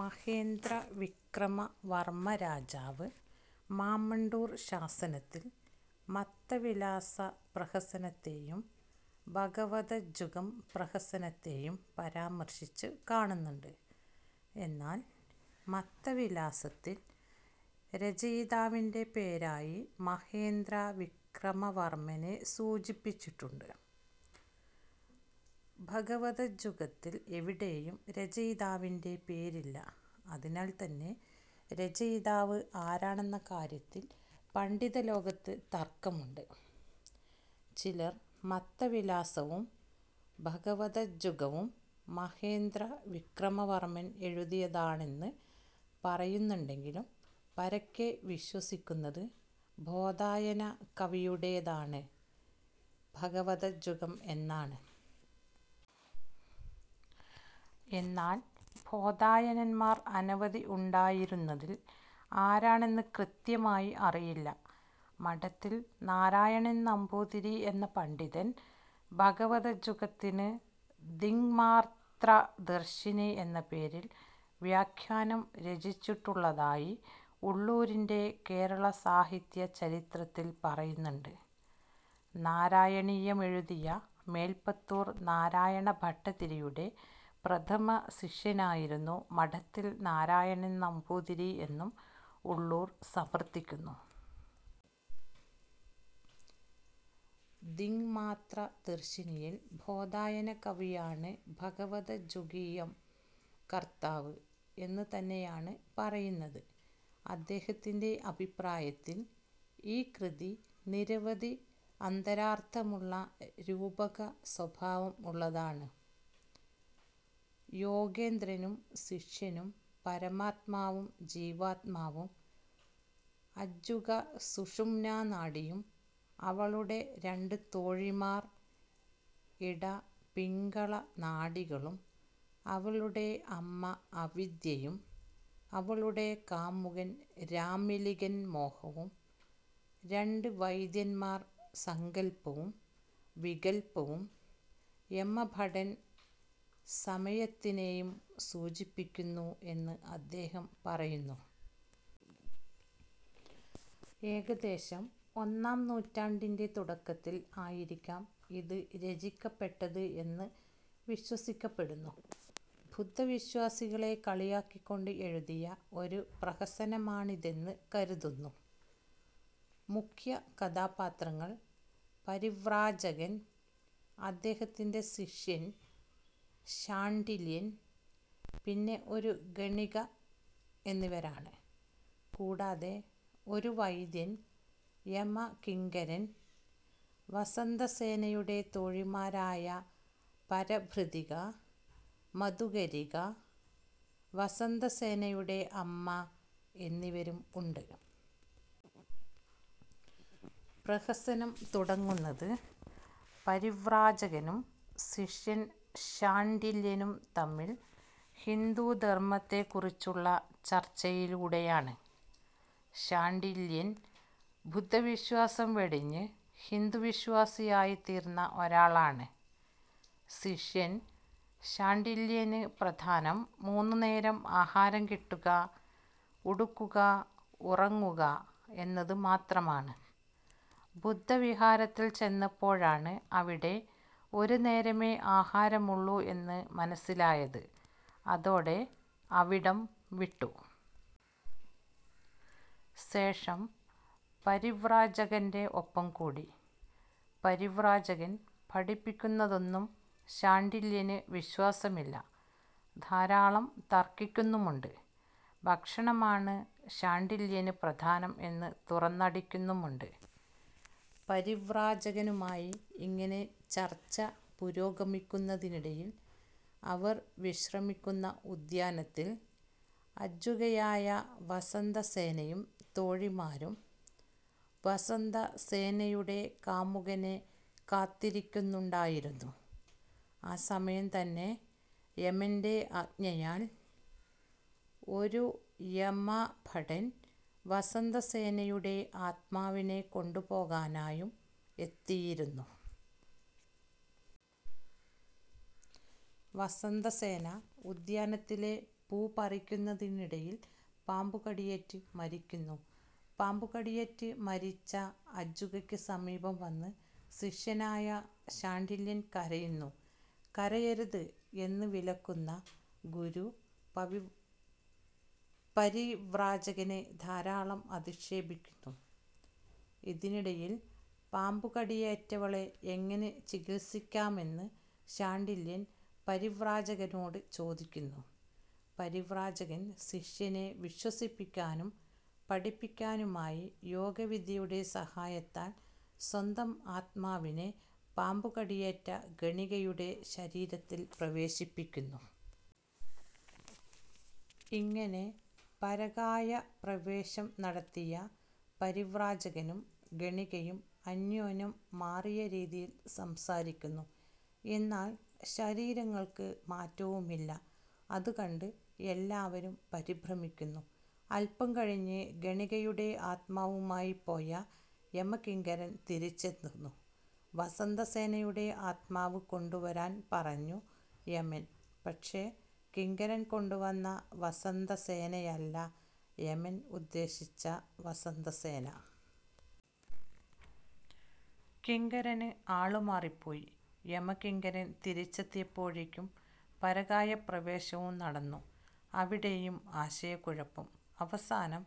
മഹേന്ദ്രവിക്രമ വർമ്മ രാജാവ് മാമണ്ടൂർ ശാസനത്തിൽ മത്തവിലാസ പ്രഹസനത്തേയും ഭഗവദജ്ജുകം പ്രഹസനത്തേയും പരാമർശിച്ചു കാണുന്നുണ്ട്. എന്നാൽ മത്തവിലാസത്തിൽ രചയിതാവിൻ്റെ പേരായി മഹേന്ദ്രവിക്രമ വർമ്മനെ സൂചിപ്പിച്ചിട്ടുണ്ട്. ഭഗവദജ്ജുകത്തിൽ എവിടെയും രചയിതാവിൻ്റെ പേരില്ല. അതിനാൽ തന്നെ രചയിതാവ് ആരാണെന്ന കാര്യത്തിൽ പണ്ഡിതലോകത്ത് തർക്കമുണ്ട്. ചിലർ മത്തവിലാസവും ഭഗവദജ്ജുകവും മഹേന്ദ്രവിക്രമ വർമ്മൻ എഴുതിയതാണെന്ന് പറയുന്നുണ്ടെങ്കിലും പരക്കെ വിശ്വസിക്കുന്നത് ബോധായന കവിയുടേതാണ് ഭഗവദജ്ജുകം എന്നാണ്. എന്നാൽ ബോധായനന്മാർ അനവധി ഉണ്ടായിരുന്നതിൽ ആരാണെന്ന് കൃത്യമായി അറിയില്ല. മഠത്തിൽ നാരായണൻ നമ്പൂതിരി എന്ന പണ്ഡിതൻ ഭഗവദജ്ജുകത്തിന് ദിങ്മാത്രദർശിനി എന്ന പേരിൽ വ്യാഖ്യാനം രചിച്ചിട്ടുള്ളതായി ഉള്ളൂരിൻ്റെ കേരള സാഹിത്യ ചരിത്രത്തിൽ പറയുന്നുണ്ട്. നാരായണീയമെഴുതിയ മേൽപ്പത്തൂർ നാരായണ ഭട്ടതിരിയുടെ പ്രഥമ ശിഷ്യനായിരുന്നു മഠത്തിൽ നാരായണൻ നമ്പൂതിരി എന്നും ഉള്ളൂർ സമർത്ഥിക്കുന്നു. ദിങ്മാത്രദർശിനിയിൽ ബോധായന കവിയാണ് ഭഗവദജ്ജുകീയം കർത്താവ് എന്ന് തന്നെയാണ് പറയുന്നത്. അദ്ദേഹത്തിൻ്റെ അഭിപ്രായത്തിൽ ഈ കൃതി നിരവധി അന്തരാർത്ഥമുള്ള രൂപക സ്വഭാവം ഉള്ളതാണ്. യോഗേന്ദ്രനും ശിഷ്യനും പരമാത്മാവും ജീവാത്മാവും, അജ്ജുക സുഷുമ്നാ നാഡിയും അവളുടെ രണ്ട് തോഴിമാർ ഇട, പിംഗള നാഡികളും, അവളുടെ അമ്മ അവിദ്യയും, അവളുടെ കാമുകൻ രാമിലികൻ മോഹവും, രണ്ട് വൈദ്യന്മാർ സങ്കൽപ്പവും വികൽപ്പവും, യമഭടൻ സമയത്തിനേയും സൂചിപ്പിക്കുന്നു എന്ന് അദ്ദേഹം പറയുന്നു. ഏകദേശം ഒന്നാം നൂറ്റാണ്ടിൻ്റെ തുടക്കത്തിൽ ആയിരിക്കാം ഇത് രചിക്കപ്പെട്ടത് എന്ന് വിശ്വസിക്കപ്പെടുന്നു. ബുദ്ധ വിശ്വാസികളെ കളിയാക്കിക്കൊണ്ട് എഴുതിയ ഒരു പ്രഹസനമാണിതെന്ന് കരുതുന്നു. മുഖ്യ കഥാപാത്രങ്ങൾ പരിവ്രാജകൻ, അദ്ദേഹത്തിൻ്റെ ശിഷ്യൻ ശാണ്ഡില്യൻ, പിന്നെ ഒരു ഗണിക എന്നിവരാണ്. കൂടാതെ ഒരു വൈദ്യൻ, യമകിങ്കരൻ, വസന്തസേനയുടെ തോഴിമാരായ പരഭൃതിക, മധുകരിക, വസന്തസേനയുടെ അമ്മ എന്നിവരും ഉണ്ട്. പ്രഹസനം തുടങ്ങുന്നത് പരിവ്രാജകനും ശിഷ്യൻ ശാണ്ഡില്യനും തമ്മിൽ ഹിന്ദുധർമ്മത്തെ കുറിച്ചുള്ള ചർച്ചയിലൂടെയാണ്. ശാണ്ഡില്യൻ ബുദ്ധവിശ്വാസം വെടിഞ്ഞ് ഹിന്ദുവിശ്വാസിയായി തീർന്ന ഒരാളാണ്. ശിഷ്യൻ ശാണ്ഡില്യന് പ്രധാനം മൂന്നുനേരവും ആഹാരം കിട്ടുക, ഉടുക്കുക, ഉറങ്ങുക എന്നത് മാത്രമാണ്. ബുദ്ധവിഹാരത്തിൽ ചെന്നപ്പോഴാണ് അവിടെ ഒരുനേരമേ ആഹാരമുള്ളൂ എന്ന് മനസ്സിലായത്. അതോടെ അവിടം വിട്ടു. ശേഷം പരിവ്രാജകൻ്റെ ഒപ്പം കൂടി. പരിവ്രാജകൻ പഠിപ്പിക്കുന്നതൊന്നും ശാണ്ഡില്യന് വിശ്വാസമില്ല. ധാരാളം തർക്കിക്കുന്നുമുണ്ട്. ഭക്ഷണമാണ് ശാണ്ഡില്യന് പ്രധാനം എന്ന് തുറന്നടിക്കുന്നുമുണ്ട്. പരിവ്രാജകനുമായി ഇങ്ങനെ ചർച്ച പുരോഗമിക്കുന്നതിനിടയിൽ അവർ വിശ്രമിക്കുന്ന ഉദ്യാനത്തിൽ അജ്ജുകയായ വസന്തസേനയും തോഴിമാരും വസന്തസേനയുടെ കാമുകനെ കാത്തിരിക്കുന്നുണ്ടായിരുന്നു. ആ സമയം തന്നെ യമൻ്റെ ആജ്ഞയാൽ ഒരു യമഭടൻ വസന്തസേനയുടെ ആത്മാവിനെ കൊണ്ടുപോകാനായും എത്തിയിരുന്നു. വസന്തസേന ഉദ്യാനത്തിലെ പൂ പറിക്കുന്നതിനിടയിൽ പാമ്പുകടിയേറ്റ് മരിക്കുന്നു. പാമ്പുകടിയേറ്റ് മരിച്ച അജ്ജുകയ്ക്ക് സമീപം വന്ന് ശിഷ്യനായ ശാണ്ഡില്യൻ കരയുന്നു. കരയരുത് എന്ന് വിലക്കുന്ന ഗുരു പവി പരിവ്രാജകനെ ധാരാളം അധിക്ഷേപിക്കുന്നു. ഇതിനിടയിൽ പാമ്പുകടിയേറ്റവളെ എങ്ങനെ ചികിത്സിക്കാമെന്ന് ശാണ്ഡില്യൻ പരിവ്രാജകനോട് ചോദിക്കുന്നു. പരിവ്രാജകൻ ശിഷ്യനെ വിശ്വസിപ്പിക്കാനും പഠിപ്പിക്കാനുമായി യോഗവിദ്യയുടെ സഹായത്താൽ സ്വന്തം ആത്മാവിനെ പാമ്പുകടിയേറ്റ ഗണികയുടെ ശരീരത്തിൽ പ്രവേശിപ്പിക്കുന്നു. ഇങ്ങനെ പരകായപ്രവേശം നടത്തിയ പരിവ്രാജകനും ഗണികയും അന്യോന്യം മാറിയ രീതിയിൽ സംസാരിക്കുന്നു. എന്നാൽ ശരീരങ്ങൾക്ക് മാറ്റവുമില്ല. അതുകണ്ട് എല്ലാവരും പരിഭ്രമിക്കുന്നു. അല്പം കഴിഞ്ഞ് ഗണികയുടെ ആത്മാവുമായി പോയ യമകിങ്കരൻ തിരിച്ചെത്തുന്നു. വസന്തസേനയുടെ ആത്മാവ് കൊണ്ടുവരാൻ പറഞ്ഞു യമൻ, പക്ഷേ കിങ്കരൻ കൊണ്ടുവന്ന വസന്തസേനയല്ല യമൻ ഉദ്ദേശിച്ച വസന്തസേന. കിങ്കരന് ആളുമാറിപ്പോയി. യമകിങ്കരൻ തിരിച്ചെത്തിയപ്പോഴേക്കും പരകായപ്രവേശവും നടന്നു. അവിടെയും ആശയക്കുഴപ്പം. അവസാനം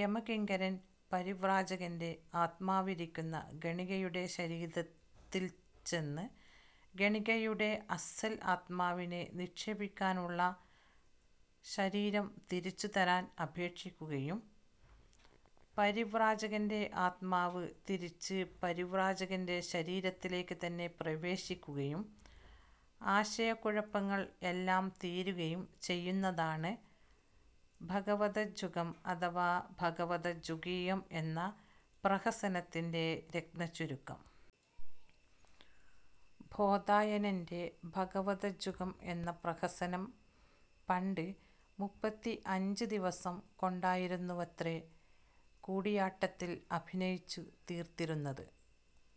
യമകിങ്കരൻ പരിവ്രാജകൻ്റെ ആത്മാവിരിക്കുന്ന ഗണികയുടെ ശരീരത്തിൽ ചെന്ന് ഗണികയുടെ അസ്സൽ ആത്മാവിനെ നിക്ഷേപിക്കാനുള്ള ശരീരം തിരിച്ചു തരാൻ അപേക്ഷിക്കുകയും പരിവ്രാജകൻ്റെ ആത്മാവ് തിരിച്ച് പരിവ്രാജകൻ്റെ ശരീരത്തിലേക്ക് തന്നെ പ്രവേശിക്കുകയും ആശയക്കുഴപ്പങ്ങൾ എല്ലാം തീരുകയും ചെയ്യുന്നതാണ് ഭഗവദജ്ജുകം അഥവാ ഭഗവദജ്ജുകീയം എന്ന പ്രഹസനത്തിൻ്റെ രത്നച്ചുരുക്കം. ബോധായനൻ്റെ ഭഗവദജ്ജുകം എന്ന പ്രഹസനം പണ്ട് മുപ്പത്തിയഞ്ച് ദിവസം കൊണ്ടായിരുന്നുവത്രെ കൂടിയാട്ടത്തിൽ അഭിനയിച്ചു തീർത്തിരുന്നത്.